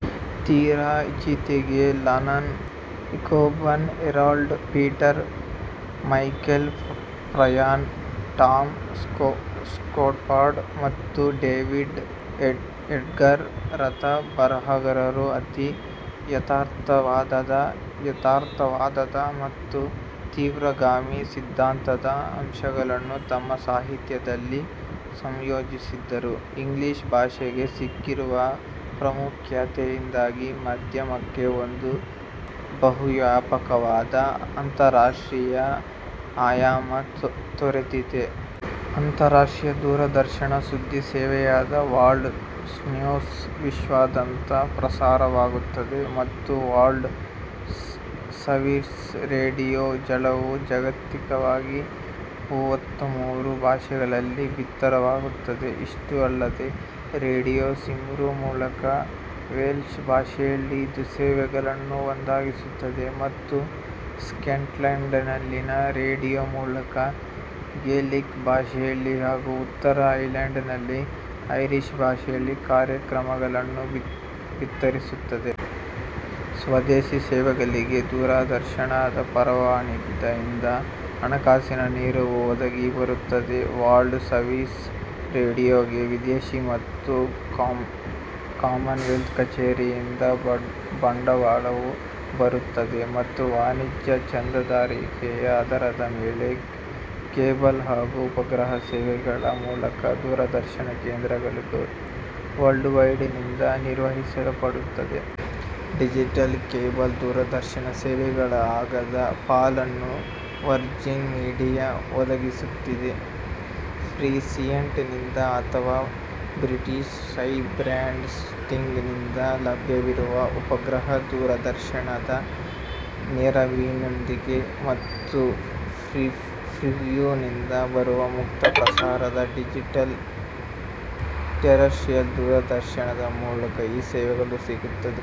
ತೀರಾ ಇತ್ತೀಚೆಗೆ, Alan Ayckbourn, Harold Pinter, Michael Frayn, Tom Stoppard ಮತ್ತು ಡೇವಿಡ್ ಎಡ್ಗರ್ ರಂಥಾ ಬರಹಗಾರರು ಅತಿ ಯಥಾರ್ಥತಾವಾದ, ಯಥಾರ್ಥತಾವಾದ ಮತ್ತು ತೀವ್ರಗಾಮಿ ಸಿದ್ಧಾಂತದ ಅಂಶಗಳನ್ನು ತಮ್ಮ ಸಾಹಿತ್ಯದಲ್ಲಿ ಸಂಯೋಜಿಸಿದರು. ಇಂಗ್ಲಿಷ್ ಭಾಷೆಗೆ ಸಿಕ್ಕಿರುವ ಪ್ರಾಮುಖ್ಯತೆಯಿಂದಾಗಿ ಮಾಧ್ಯಮಕ್ಕೆ ಒಂದು ಬಹುವ್ಯಾಪಕವಾದ ಅಂತರರಾಷ್ಟ್ರೀಯ ಆಯಾಮ ದೊರೆತಿದೆ. ಅಂತರರಾಷ್ಟ್ರೀಯ ದೂರದರ್ಶನ ಸುದ್ದಿ ಸೇವೆಯಾದ ವರ್ಲ್ಡ್ ನ್ಯೂಸ್ ವಿಶ್ವಾದ್ಯಂತ ಪ್ರಸಾರವಾಗುತ್ತದೆ ಮತ್ತು ವರ್ಲ್ಡ್ ಸರ್ವೀಸ್ ರೇಡಿಯೋ ಜಾಲವು ಜಾಗತಿಕವಾಗಿ ಮೂವತ್ತಮೂರು ಭಾಷೆಗಳಲ್ಲಿ ಬಿತ್ತರವಾಗುತ್ತದೆ. ಇಷ್ಟೇ ಅಲ್ಲದೇ ರೇಡಿಯೋ ಸಿಮ್ರು ಮೂಲಕ ವೆಲ್ಷ್ ಭಾಷೆಯಲ್ಲಿ ಇದು ಸೇವೆಗಳನ್ನು ಒದಗಿಸುತ್ತದೆ ಮತ್ತು ಸ್ಕಾಟ್ಲೆಂಡ್ನಲ್ಲಿನ ರೇಡಿಯೋ ಮೂಲಕ ಗೇಲಿಕ್ ಭಾಷೆಯಲ್ಲಿ ಹಾಗೂ ಉತ್ತರ ಐರ್ಲೆಂಡ್ನಲ್ಲಿ ಐರಿಷ್ ಭಾಷೆಯಲ್ಲಿ ಕಾರ್ಯಕ್ರಮಗಳನ್ನು ಬಿತ್ತರಿಸುತ್ತದೆ. ಸ್ವದೇಶೀ ಸೇವೆಗಳಿಗೆ ದೂರದರ್ಶನದ ಪರವಾನಗಿ ಯಿಂದ ಹಣಕಾಸಿನ ನೆರವು ಒದಗಿ ಬರುತ್ತದೆ. ವರ್ಲ್ಡ್ ಸರ್ವೀಸ್ ರೇಡಿಯೋಗೆ ವಿದೇಶಿ ಮತ್ತು ಕಾಮನ್ವೆಲ್ತ್ ಕಚೇರಿಯಿಂದ ಬಂಡವಾಳವು ಬರುತ್ತದೆ ಮತ್ತು ವಾಣಿಜ್ಯ ಚಂದಾದಾರಿಕೆಯ ಆಧಾರದ ಮೇಲೆ ಕೇಬಲ್ ಹಾಗೂ ಉಪಗ್ರಹ ಸೇವೆಗಳ ಮೂಲಕ ದೂರದರ್ಶನ ಕೇಂದ್ರಗಳು ವರ್ಲ್ಡ್ವೈಡ್ ನಿಂದ ನಿರ್ವಹಿಸಲ್ಪಡುತ್ತವೆ. ಡಿಜಿಟಲ್ ಕೇಬಲ್ ದೂರದರ್ಶನ ದ ಸೇವೆಗಳ ಅಗಾಧ ಪಾಲನ್ನು ವರ್ಜಿನ್ ಮೀಡಿಯಾ ಒದಗಿಸುತ್ತಿದೆ. ಫ್ರೀಸ್ಯಾಟ್ ನಿಂದ ಅಥವಾ ಬ್ರಿಟಿಷ್ ಸ್ಕೈ ಬ್ರಾಡ್ಕಾಸ್ಟಿಂಗ್ ನಿಂದ ಲಭ್ಯವಿರುವ ಉಪಗ್ರಹ ದೂರದರ್ಶನ ದ ನೆರವಿನೊಂದಿಗೆ ಮತ್ತು ಫ್ರೀವ್ಯೂ ನಿಂದ ಬರುವ ಮುಕ್ತ ಪ್ರಸಾರ ದ ಡಿಜಿಟಲ್ ಟೆರೆಸ್ಟ್ರಿಯಲ್ ದೂರದರ್ಶನದ ಮೂಲಕ ಈ ಸೇವೆಗಳು ಸಿಗುತ್ತಿವೆ.